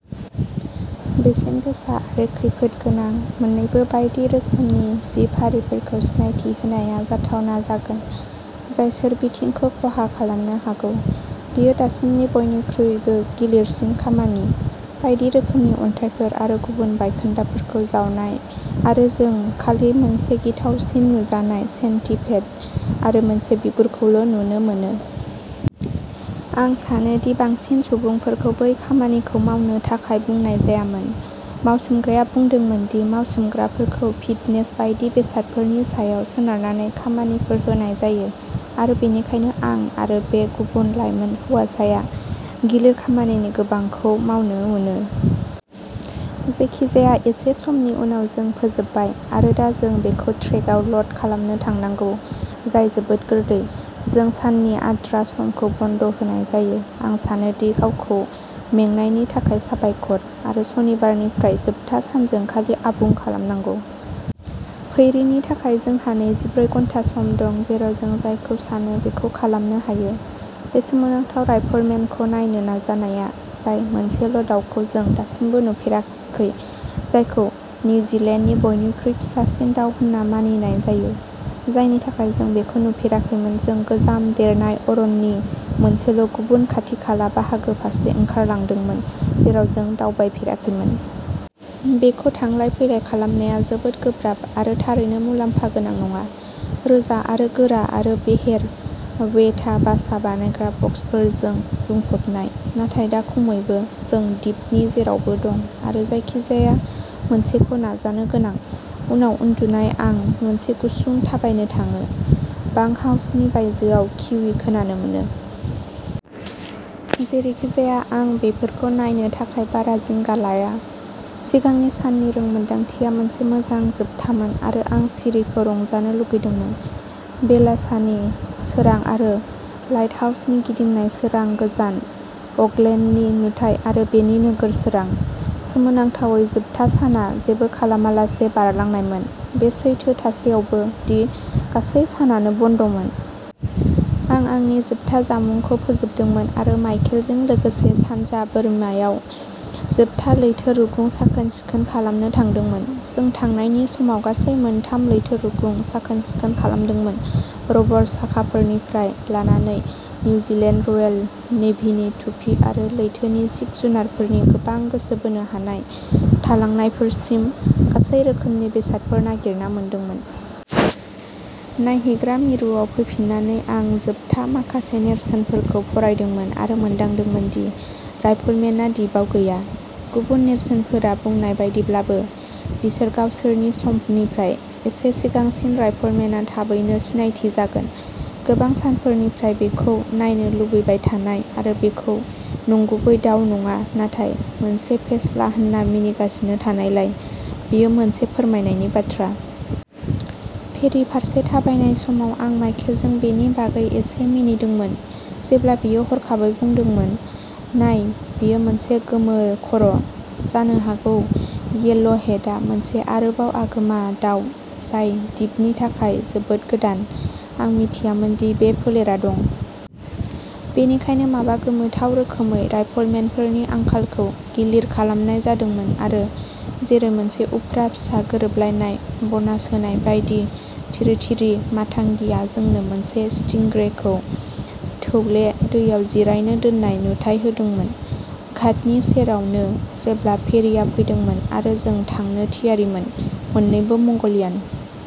बेसेन गोसा आरो खैफोदगोनां मोननैबो बायदि रोखोमनि जिब-हारिफोरखौ सिनायथि होनाया जाथावना जागोन जाय सोरबिथिंखौ खहा खालामनो हागौ। बेयो दासिमनि बयनिख्रुइबो गिलिरसिन खामानि, बायदि रोखोमनि अन्थाइफोर आरो गुबुन बायखोन्दाफोरखौ जावनाय आरो जों खालि मोनसे गिथावसिन नुजानाय सेन्टिपेड आरो मोनसे बिगुरखौल' नुनो मोनो। आं सानो दि बांसिन सुबुंफोरखौ बे खामानिखौ मावनो थाखाय बुंनाय जायामोन, मावसोमग्राया बुंदोंमोन दि मावसोमग्राफोरखौ फिटनेस बायदि बेसादफोरनि सायाव सोनारनानै खामानिफोर होनाय जायो आरो बेनिखायनो आं आरो बे गुबुन लाइमोन हौवासाया गिलिर खामानिनि गोबांखौ मावनो मोनो। जेरैखिजाया एसे समनि उनाव जों फोजोबबाय आरो दा जों बेखौ ट्रेकआव ल'ड खालामनो थांनांगौ जाय जोबोद गोरलै। जों साननि आद्रा समखौ बन्द' होनाय जायो, आं सानो दि गावखौ मेंनायनि थाखाय साबायखर। आरो शनिबारनिफ्राय जोबथा सानजों खालि आबुं खालामनांगौ। फैरिनि थाखाय जोंहा नैजिब्रै घन्टा सम दं, जेराव जों जायखौ सानो बेखौ खालामनो हायो। बे सोमोनांथाव राइफलमेनखौ नायनो नाजानाया, जाय मोनसेल' दाउखौ जों दासिमबो नुफेराखै जायखौ निउजिलेन्डनि बयनिख्रुइ फिसासिन दाउ होनना मानिनाय जायो, जायनि थाखाय जों बेखौ नुफेराखैमोन जों गोजाम देरनाय अरननि मोनसेल' गुबुन खाथि-खाला बाहागो फारसे ओंखारलांदोंमोन, जेराव जों दावबायफेराखैमोन। बेखौ थांलाय-फैलाय खालामनाया जोबोद गोब्राब आरो थारैनो मुलाम्फा गोनां नङा, रोजा आरो गोरा आरो बेहेर, वेटा बासा बानायग्रा बक्सफोरजों बुंफबनाय। नाथाय दा खमैबो जों दिपनि जेरावबो दं आरो जायखिजाया मोनसेखौ नाजानो गोनां। उनाव उन्दुनाय, आं मोनसे गुसुं थाबायनो थाङो, बांकहाउसनि बायजोआव किवी खोनानो मोनो। जेरैखिजाया आं बेफोरखौ नायनो थाखाय बारा जिंगा लाया। सिगांनि साननि रोंमोनदांथिया मोनसे मोजां जोबथामोन आरो आं सिरिखौ रंजानो लुगैदोंमोन। बेलासानि सोरां आरो लाइटहाउसनि गिदिंनाय सोरां, गोजान अकलेन्डनि नुथाय आरो बेनि नोगोर सोरां। सोमोनांथावै, जोबथा साना जेबो खालामालासे बारलांनायमोन, बे सैथो थासेयावबो दि गासै सानानो बन्दमोन। आं आंनि जोबथा जामुंखौ फोजोबदोंमोन आरो माइकेलजों लोगोसे सानजा बोरिमायाव जोबथा लैथो रुगुं साखोन-सिखोन खालामनो थांदोंमोन। जों थानायनि समाव गासै मोनथाम लैथो रुगुं साखोन-सिखोन खालामदोंमोन, रबर साखाफोरनिफ्राय लानानै निउजिलेन्ड रयेल नेभिनि टुपि आरो लैथोनि जिब-जुनारफोरनि गोबां गोसो बोनो हानाय थालांनायफोरसिम गासै रोखोमनि बेसादफोर नागिरना मोनदोंमोन। नायहैग्रा मिरुआव फैफिन्नानै, आं जोबथा माखासे नेरसोनफोरखौ फरायदोंमोन आरो मोनदांदोंमोन दि राइफलमेनआ दिपआव गैया, गुबुन नेरसोनफोरा बुंनाय बायदिब्लाबो। बिसोर गावसोरनि समनिफ्राय एसे सिगांसिन राइफलमेनआ थाबैनो सिनायथि जागोन। गोबां सानफोरनिफ्राय बेखौ नायनो लुबैबाय थानाय आरो बेखौ नंगुबै दाउ नङा, नाथाय मोनसे फेस्ला होनना मिनिगासिनो थानायलाय, बेयो मोनसे फोरमायनायनि बाथ्रा। फेरि फारसे थाबायनाय समाव, आं माइकेलजों बेनि बागै एसे मिनिदोंमोन जेब्ला बियो हरखाबै बुंदोंमोन- "नाय, बेयो मोनसे गोमो खर" जानो हागौ येल' हेडआ मोनसे आरोबाव आगोमा दाउ जाय दिपनि थाखाय जोबोद गोदान। आं मिथियामोन दि बे फोलेरा दं। बेनिखायनो माबा गोमोथाव रोखोमै, राइफलमेनफोरनि आंखालखौ गिलिर खालामनाय जादोंमोन आरो जेरै मोनसे उफ्रा फिसा गोरोबलायनाय बनास होनाय बायदि, तिरितिरि मातांगिआ जोंनो मोनसे स्टिंग्रेखौ थौले दैयाव जिरायनो दोननाय नुथाइ होदोंमोन, घाटनि सेरावनो जेब्ला फेरिआ फैदोंमोन आरो जों थांनो थियारिमोन। मोननैबो मंगलियान।